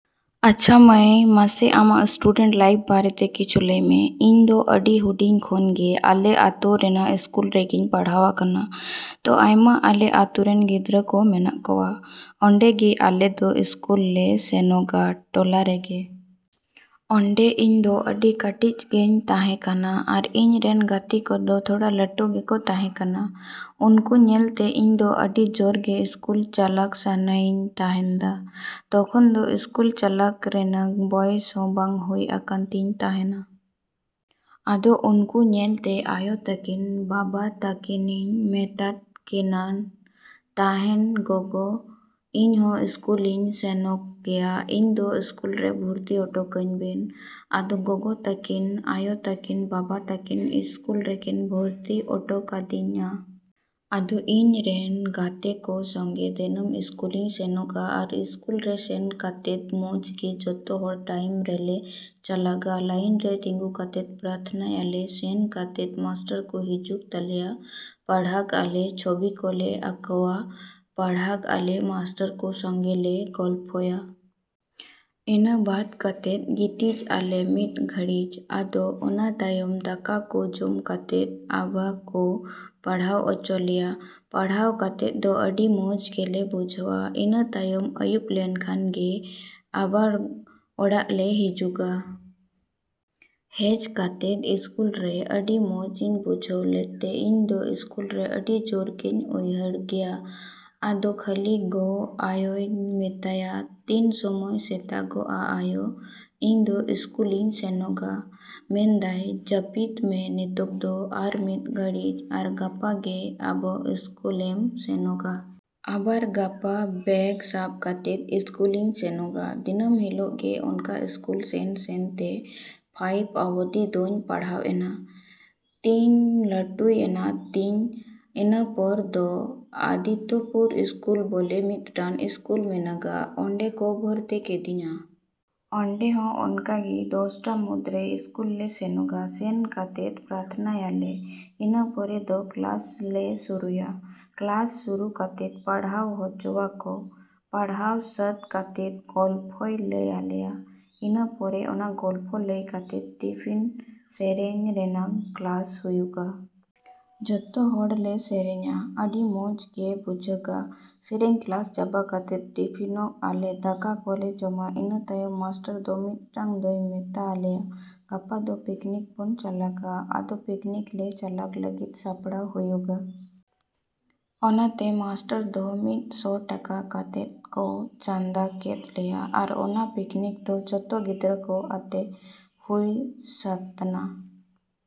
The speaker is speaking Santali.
ᱟᱪᱪᱷᱟ ᱢᱟᱹᱭ, ᱢᱟᱥᱮ ᱟᱢᱟᱜ ᱥᱴᱩᱰᱮᱱᱴ ᱞᱟᱭᱤᱯ ᱵᱟᱨᱮᱛᱮ ᱠᱤᱪᱷᱩ ᱞᱟᱹᱭ ᱢᱮ᱾ ᱤᱧ ᱫᱚ ᱟᱹᱰᱤ ᱦᱩᱰᱤᱧ ᱠᱷᱚᱱ ᱜᱮ ᱟᱞᱮ ᱟᱛᱳ ᱨᱮᱱᱟᱜ ᱤᱥᱠᱩᱞ ᱨᱮᱜᱮᱧ ᱯᱟᱲᱦᱟᱣ ᱟᱠᱟᱱᱟ᱾ ᱛᱚ ᱟᱭᱢᱟ ᱟᱞᱮ ᱟᱛᱳᱨᱮᱱ ᱜᱤᱫᱽᱨᱟᱹ ᱠᱚ ᱢᱮᱱᱟᱜ ᱠᱚᱣᱟ ᱚᱸᱰᱮ ᱜᱮ ᱟᱞᱮ ᱫᱚ ᱤᱥᱠᱩᱞ ᱞᱮ ᱥᱮᱱᱚᱜᱟ ᱴᱚᱞᱟ ᱨᱮᱜᱮ᱾ ᱚᱸᱰᱮ ᱤᱧ ᱫᱚ ᱟᱹᱰᱤ ᱠᱟᱴᱤᱡ ᱜᱮᱧ ᱛᱟᱦᱮᱸ ᱠᱟᱱᱟ ᱟᱨ ᱤᱧ ᱨᱮᱱ ᱜᱟᱛᱮ ᱠᱚᱫᱚ ᱛᱷᱚᱲᱟ ᱞᱟᱹᱴᱩ ᱜᱮᱠᱚ ᱛᱟᱦᱮᱸ ᱠᱟᱱᱟ᱾ ᱩᱱᱠᱩ ᱧᱮᱞ ᱛᱮ ᱤᱧ ᱫᱚ ᱟᱹᱰᱤ ᱡᱳᱨ ᱜᱮ ᱤᱥᱠᱩᱞ ᱪᱟᱞᱟᱜ ᱥᱟᱱᱟᱭᱤᱧ ᱛᱟᱦᱮᱸᱫᱼᱟ᱾ ᱛᱚᱠᱷᱚᱱ ᱫᱚ ᱥᱠᱩᱞ ᱪᱟᱞᱟᱜ ᱨᱮᱱᱟᱜ ᱵᱚᱭᱮᱥ ᱦᱚᱸ ᱵᱟᱝ ᱦᱩᱭ ᱟᱠᱟᱱ ᱛᱤᱧ ᱛᱟᱦᱮᱸᱱᱟ᱾ ᱟᱫᱚ ᱩᱱᱠᱩ ᱧᱮᱞ ᱛᱮ ᱟᱭᱳ ᱛᱟᱹᱠᱤᱱ, ᱵᱟᱵᱟ ᱛᱟᱹᱠᱤᱱᱤᱧ ᱢᱮᱛᱟᱫ ᱠᱤᱱᱠᱟᱱ ᱛᱟᱦᱮᱸᱱ, "ᱜᱚᱜᱚ, ᱤᱧ ᱦᱚᱸ ᱥᱠᱩᱞᱤᱧ ᱥᱮᱱᱚᱜ ᱜᱮᱭᱟ, ᱤᱧ ᱫᱚ ᱥᱠᱩᱞ ᱨᱮ ᱵᱷᱩᱨᱛᱤ ᱚᱴᱚ ᱠᱟᱹᱧ ᱵᱤᱱ ᱾" ᱟᱫᱚ ᱜᱚᱜᱚ ᱛᱟᱹᱠᱤᱱ, ᱟᱭᱳ ᱛᱟᱹᱠᱤᱱ, ᱵᱟᱵᱟ ᱛᱟᱹᱠᱤᱱ ᱥᱠᱩᱞ ᱨᱮᱠᱤᱱ ᱵᱷᱚᱨᱛᱤ ᱚᱴᱚ ᱠᱟᱹᱫᱤᱧᱟ᱾ ᱟᱫᱚ ᱤᱧ ᱨᱮᱱ ᱜᱟᱛᱮ ᱠᱚ ᱥᱚᱸᱜᱮ ᱫᱤᱱᱟᱹᱢ ᱥᱠᱩᱞᱤᱧ ᱥᱮᱱᱚᱜᱟ᱾ ᱟᱨ ᱥᱠᱩᱞ ᱨᱮ ᱥᱮᱱ ᱠᱟᱛᱮᱫ ᱢᱚᱸᱡᱽ ᱜᱮ ᱡᱚᱛᱚ ᱦᱚᱲ ᱴᱟᱭᱤᱢ ᱨᱮᱞᱮ ᱪᱟᱞᱟᱜᱟ᱾ ᱞᱟᱹᱭᱤᱱ ᱨᱮ ᱛᱤᱸᱜᱩ ᱠᱟᱛᱮᱫ ᱯᱨᱟᱨᱛᱷᱚᱱᱟᱭᱟᱞᱮ, ᱥᱮᱱ ᱠᱟᱛᱮᱫ ᱢᱟᱥᱴᱟᱨ ᱠᱚ ᱦᱤᱡᱩᱜ ᱛᱟᱞᱮᱭᱟ᱾ ᱯᱟᱲᱦᱟᱠ ᱟᱞᱮ, ᱪᱷᱚᱵᱤ ᱠᱚᱞᱮ ᱟᱸᱠᱟᱣᱟ, ᱯᱟᱲᱦᱟᱠ ᱟᱞᱮ, ᱢᱟᱥᱴᱟᱨ ᱠᱚ ᱥᱚᱸᱜᱮ ᱞᱮ ᱜᱚᱞᱯᱷᱚᱭᱟ᱾ ᱤᱱᱟᱹ ᱵᱟᱫᱽ ᱠᱟᱛᱮᱫ ᱜᱤᱛᱤᱡ ᱟᱞᱮ ᱢᱤᱫ ᱜᱷᱟᱹᱲᱤᱡ᱾ ᱟᱫᱚ ᱚᱱᱟ ᱛᱟᱭᱚᱢ ᱫᱟᱠᱟ ᱠᱚ ᱡᱚᱢ ᱠᱟᱛᱮᱫ ᱟᱵᱟᱨ ᱠᱚ ᱯᱟᱲᱦᱟᱣ ᱚᱪᱚ ᱞᱮᱭᱟ᱾ ᱯᱟᱲᱦᱟᱣ ᱠᱟᱛᱮᱫ ᱫᱚ ᱟᱹᱰᱤ ᱢᱚᱸᱡᱽ ᱜᱮᱞᱮ ᱵᱩᱡᱷᱟᱹᱣᱼᱟ᱾ ᱤᱱᱟᱹ ᱛᱟᱭᱚᱢ ᱟᱭᱩᱵ ᱞᱮᱱ ᱠᱷᱟᱱ ᱜᱮ ᱟᱵᱟᱨ ᱚᱲᱟᱜ ᱞᱮ ᱦᱤᱡᱩᱜᱟ᱾ ᱦᱮᱡ ᱠᱟᱛᱮᱫ ᱥᱠᱩᱞ ᱨᱮ ᱟᱹᱰᱤ ᱢᱚᱸᱡᱽ ᱤᱧ ᱵᱩᱡᱷᱟᱹᱣ ᱞᱮᱫ ᱛᱮ ᱤᱧ ᱫᱚ ᱥᱠᱩᱞ ᱜᱮ ᱟᱹᱰᱤ ᱡᱳᱨ ᱜᱮᱧ ᱩᱭᱦᱟᱹᱨ ᱜᱮᱭᱟ᱾ ᱟᱫᱚ ᱠᱷᱟᱹᱞᱤ ᱜᱚ, ᱟᱭᱳᱧ ᱢᱮᱛᱟᱭᱟ, "ᱛᱤᱱ ᱥᱚᱢᱚᱭ ᱥᱮᱛᱟᱜᱚᱜᱟ ᱟᱭᱳ? ᱤᱧ ᱫᱚ ᱥᱠᱩᱞᱤᱧ ᱥᱮᱱᱚᱜᱼᱟ᱾" ᱢᱮᱱ ᱫᱟᱭ, "ᱡᱟᱯᱤᱛ ᱢᱮ ᱱᱤᱛᱚᱜ ᱫᱚ ᱟᱨ ᱢᱤᱫ ᱜᱷᱟᱹᱲᱤᱡ, ᱟᱨ ᱜᱟᱯᱟ ᱜᱮ ᱟᱵᱟᱨ ᱥᱠᱩᱞᱮᱢ ᱥᱮᱱᱚᱜᱟ᱾" ᱟᱵᱟᱨ ᱜᱟᱯᱟ ᱵᱮᱜᱽ ᱥᱟᱵ ᱠᱟᱛᱮᱫ ᱥᱠᱩᱞᱤᱧ ᱥᱮᱱᱚᱜᱟ᱾ ᱫᱤᱱᱟᱹᱢ ᱦᱤᱞᱳᱜ ᱜᱮ ᱚᱱᱠᱟ ᱥᱠᱩᱞ ᱥᱮᱱᱼᱥᱮᱱ ᱛᱮ ᱯᱷᱟᱭᱤᱵ ᱚᱵᱽᱫᱤ ᱫᱚᱧ ᱯᱟᱲᱦᱟᱣ ᱤᱱᱟᱹᱧ ᱞᱟᱹᱴᱩᱭ ᱤᱱᱟᱹᱧ᱾ ᱤᱱᱟᱹ ᱯᱚᱨ ᱫᱚ ᱟᱫᱤᱛᱛᱚᱯᱩᱨ ᱥᱠᱩᱞ ᱵᱚᱞᱮ ᱢᱤᱫᱴᱮᱱ ᱤᱥᱠᱩᱞ ᱢᱮᱱᱟᱜᱟ᱾ ᱚᱸᱰᱮ ᱠᱚ ᱵᱷᱚᱨᱛᱤ ᱠᱤᱫᱤᱧᱟ᱾ ᱚᱸᱰᱮ ᱦᱚᱸ ᱚᱱᱠᱟ ᱜᱮ ᱫᱚᱥᱴᱟ ᱢᱚᱫᱽᱫᱷᱮ ᱨᱮ ᱥᱠᱩᱞ ᱞᱮ ᱥᱮᱱᱚᱜᱟ᱾ ᱥᱮᱱ ᱠᱟᱛᱮᱫ ᱯᱨᱟᱨᱛᱷᱚᱱᱟᱭᱟᱞᱮ᱾ ᱤᱱᱟᱹᱯᱚᱨ ᱫᱚ ᱠᱮᱞᱟᱥ ᱞᱮ ᱥᱩᱨᱩᱭᱟ᱾ ᱠᱮᱞᱟᱥ ᱥᱩᱨᱩ ᱠᱟᱛᱮᱫ ᱯᱟᱲᱦᱟᱣ ᱦᱚᱪᱚᱣᱟᱠᱚ᱾ ᱯᱟᱲᱦᱟᱣ ᱥᱟᱹᱛ ᱠᱟᱛᱮᱫ ᱜᱚᱞᱯᱷᱚᱭ ᱞᱟᱹᱭ ᱟᱞᱮᱭᱟ᱾ ᱤᱱᱟᱹ ᱯᱚᱨᱮ ᱚᱱᱟ ᱜᱚᱞᱯᱷᱚ ᱞᱟᱹᱭ ᱠᱟᱛᱮᱫ ᱴᱤᱯᱷᱤᱱ ᱥᱮᱨᱮᱧ ᱨᱮᱱᱟᱜ ᱠᱮᱞᱟᱥ ᱦᱩᱭᱩᱜᱟ᱾ ᱡᱚᱛᱚ ᱦᱚᱲ ᱞᱮ ᱥᱮᱨᱮᱧᱟ᱾ ᱟᱹᱰᱤ ᱢᱚᱸᱡᱽ ᱜᱮ ᱵᱩᱡᱷᱟᱹᱜᱟ᱾ ᱥᱮᱨᱮᱧ ᱠᱮᱞᱟᱥ ᱪᱟᱵᱟ ᱠᱟᱛᱮᱫ ᱴᱤᱯᱷᱤᱱᱚᱜ ᱟᱞᱮ᱾ ᱫᱟᱠᱟ ᱠᱚᱞᱮ ᱡᱚᱢᱟ᱾ ᱤᱱᱟ ᱛᱟᱭᱚᱢ ᱢᱟᱥᱴᱟᱨ ᱫᱚ ᱢᱤᱫᱴᱟᱝ ᱫᱚᱭ ᱢᱮᱛᱟ ᱟᱞᱮᱭᱟ, "ᱜᱟᱯᱟ ᱫᱚ ᱯᱤᱠᱱᱤᱠ ᱵᱚᱱ ᱪᱟᱞᱟᱜᱟ᱾" ᱟᱫᱚ ᱯᱤᱠᱱᱤᱠ ᱞᱮ ᱪᱟᱞᱟᱜ ᱞᱟᱹᱜᱤᱫ ᱥᱟᱯᱲᱟᱣ ᱦᱩᱭᱩᱜᱟ᱾ ᱚᱱᱟᱛᱮ ᱢᱟᱥᱴᱟᱨ ᱫᱚ ᱢᱤᱫ ᱥᱚ ᱴᱟᱠᱟ ᱠᱟᱛᱮᱫ ᱠᱚ ᱪᱟᱸᱫᱟ ᱠᱮᱫ ᱞᱮᱭᱟ᱾ ᱟᱨ ᱚᱱᱟ ᱯᱤᱠᱱᱤᱠ ᱫᱚ ᱡᱚᱛᱚ ᱜᱤᱫᱽᱨᱟᱹ ᱠᱚ ᱟᱛᱮ ᱜᱮ ᱦᱩᱭ ᱥᱟ.ᱛ ᱱᱟ᱾